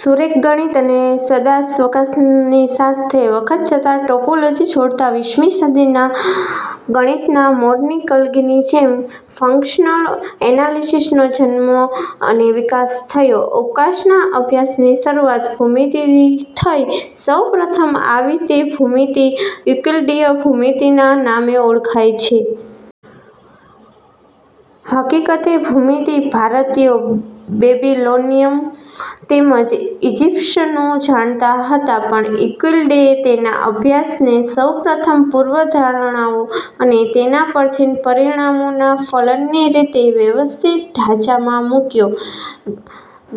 સુરેખ ગણિત અને સદાશવકાશનીની સાથે વખત જતાં ટોપોલોજી જોડતાં વીસમી સદીમાં ગણિતના મોરની કલગીની જેમ ફંક્શનલ એનાલિસીસનો જન્મ અને વિકાસ થયો. અવકાશના અભ્યાસની શરૂઆત ભૂમિતિની થઇ. સૌ પ્રથમ આવી તે ભૂમિતિ યુક્લિડીય ભૂમિતિના નામે ઓળખાય છે. હકીકતે ભૂમિતિ ભારતીયો, બેબીલોનિયનો તેમજ ઇજીપ્શીયનો જાણતા હતા પણ યુક્લિડે તેના અભ્યાસને સૌ પ્રથમ પૂર્વધારણાઓ અને તેના પરથી પરીણામોના ફલનની રીતે વ્યવસ્થિત ઢાંચામાં મુક્યો.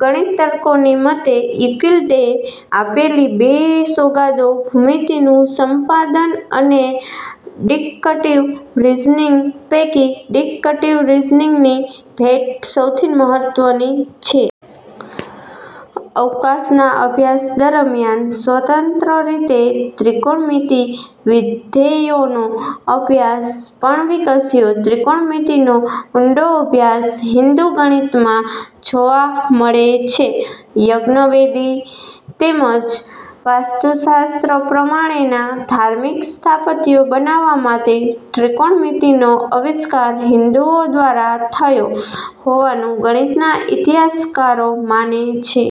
ગણિતજ્ઞોની મતે યુક્લિડે આપેલી બે સોગાદો -ભૂમિતિનું સંપાદન અને ડીડક્ટીવ રીઝનીંગ પૈકી ડીડક્ટીવ રીઝનીંગની ભેટ સૌથી મહત્વની છે. અવકાશના અભ્યાસ દરમ્યાન સ્વતંત્ર રીતે ત્રિકોણમિતિ વિધેયોનો અભ્યાસ પણ વિકસ્યો. ત્રિકોણમિતિનો ઊંડો અભ્યાસ હિન્દુ ગણિતમાં જોવા મળે છે. યજ્ઞવેદી, તેમજ વાસ્તુશાસ્ત્ર પ્રમાણેના ધાર્મિક સ્થાપત્યો બનાવવા માટે ત્રિકોણમિતિનો આવિષ્કાર હિન્દુઓ દ્વારા થયો હોવાનું ગણિતના ઇતિહાસકારો માને છે.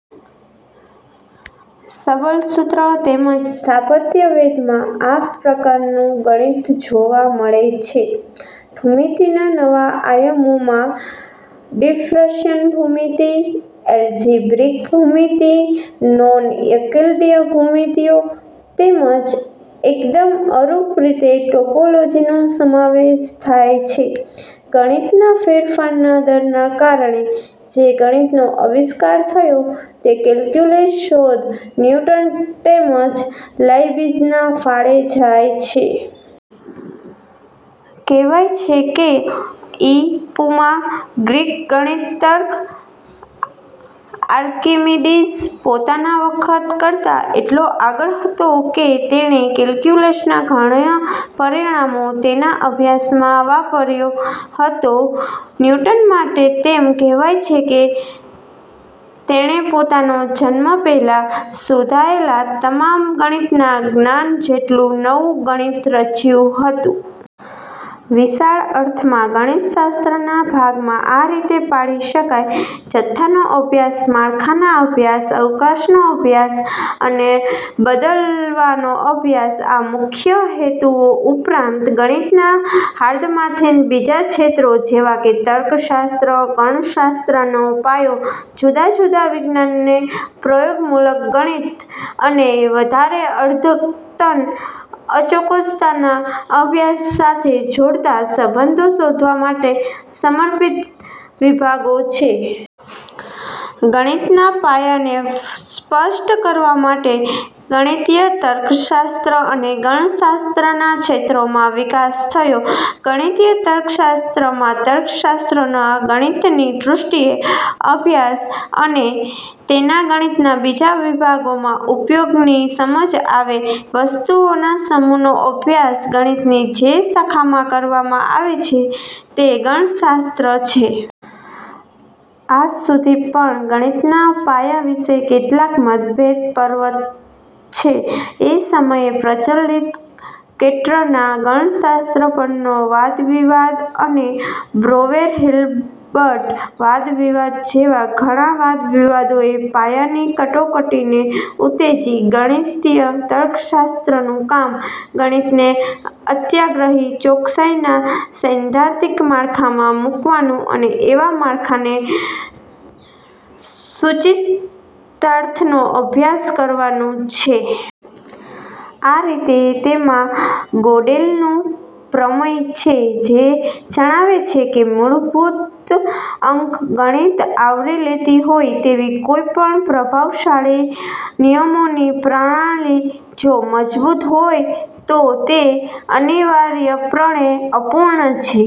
સબલસુત્ર તેમજ સ્થાપત્ય વેદમાં આ પ્રકારનું ગણિત જોવા મળે છે. ભૂમિતિના નવા આયામો માં ડિફરન્શિયલ ભૂમિતિ, એલ્જીબ્રીક ભૂમિતિ, નોનયક્લિડીય ભૂમિતિઓ, તેમજ એકદમ અરૂપ રીતે ટોપોલોજીનો સમાવેશ થાય છે. ગણિતમાં ફેરફારના દરને કારણે જે ગણિતનો આવિષ્કાર થયો તે કેલ્કયુલસ શોધ ન્યૂટન તેમજ લાઇબ્નીઝના ફાળે જાય છે. કહેવાય છે કે ઇ. પૂ. માં ગ્રીક ગણિતજ્ઞ આર્કિમીડિઝ પોતાના વખત કરતાં એટલો આગળ હતો કે તેણે કેલ્ક્યુલસના ઘણા પરીણામો તેના અભ્યાસમાં વાપર્યો હતો. ન્યુટન માટે તેમ કહેવાય છે કે તેણે પોતાના જન્મ પહેલાં શોધાયેલા તમામ ગણિતના જ્ઞાન જેટલું નવું ગણિત રચ્યું હતું. વિશાળ અર્થમાં ગણિતશાસ્ત્રના ભાગમા આ રીતે પાડી શકાય: જથ્થાનો અભ્યાસ, માળખાંના અભ્યાસ, અવકાશનો અભ્યાસ અને બદલવાનો અભ્યાસ. આ મુખ્ય હેતુઓ ઉપરાંત ગણિતના હાર્દમાંથી બીજાં ક્ષેત્રો જેવાં કે તર્કશાસ્ત્ર, ગણશાસ્ત્રનો પાયો, જુદાં જુદાં વિજ્ઞાનને પ્રયોગમૂલક ગણિત અને વધારે અદ્યતન, અચોક્કસતાના અભ્યાસ સાથે જોડતા સંબંધો શોધવા માટે સમર્પિત વિભાગો છે. ગણિતના પાયાને સ્પષ્ટ કરવા માટે, ગણિતીય તર્કશાસ્ત્ર અને ગણશાસ્ત્રનાં ક્ષેત્રોમા વિકાસ થયો. ગણિતીય તર્કશાસ્ત્રમાં તર્કશાસ્ત્રના ગણિતની દૃષ્ટિએ અભ્યાસ અને તેના ગણિતના બીજા વિભાગોમાં ઉપયોગોની સમજ આવે વસ્તુઓના સમૂહનો અભ્યાસ ગણિતની જે શાખામાં કરવામાં આવે છે તે ગણશાસ્ત્ર છે. આજ સુધી પણ ગણિતના પાયા વિષે કેટલાક મતભેદ પર્વત છે. એ સમયે પ્રચલિત, કેટ્ર નાં ગણશાસ્ત્ર પરનો વાદવિવાદ અને બ્રૌવેર- હિલ્બર્ટ વાદવિવાદ જેવા ઘણા વાદવિવાદોએ પાયાની કટોકટીને ઉત્તેજી. ગણિતીય તર્કશાસ્ત્રનું કામ, ગણિતને અત્યાગ્રહી ચોક્સાઇનાં સૈધ્ધાંતિક માળખાંમાં મૂકવાનું અને એવાં માળખાંને સૂચિતાર્થનો અભ્યાસ કરવાનું છે. આ રીતે તેમાં ગોડેલનું પ્રમેય છે જે જણાવે છે કે મૂળભૂત અંકગણિત આવરી લેતી હોય તેવી કોઈ પણ પ્રભાવશાળી નિયમોની પ્રણાલિ, જો મજબૂત હોય તો તે અનિવાર્યપણે અપૂર્ણ છે.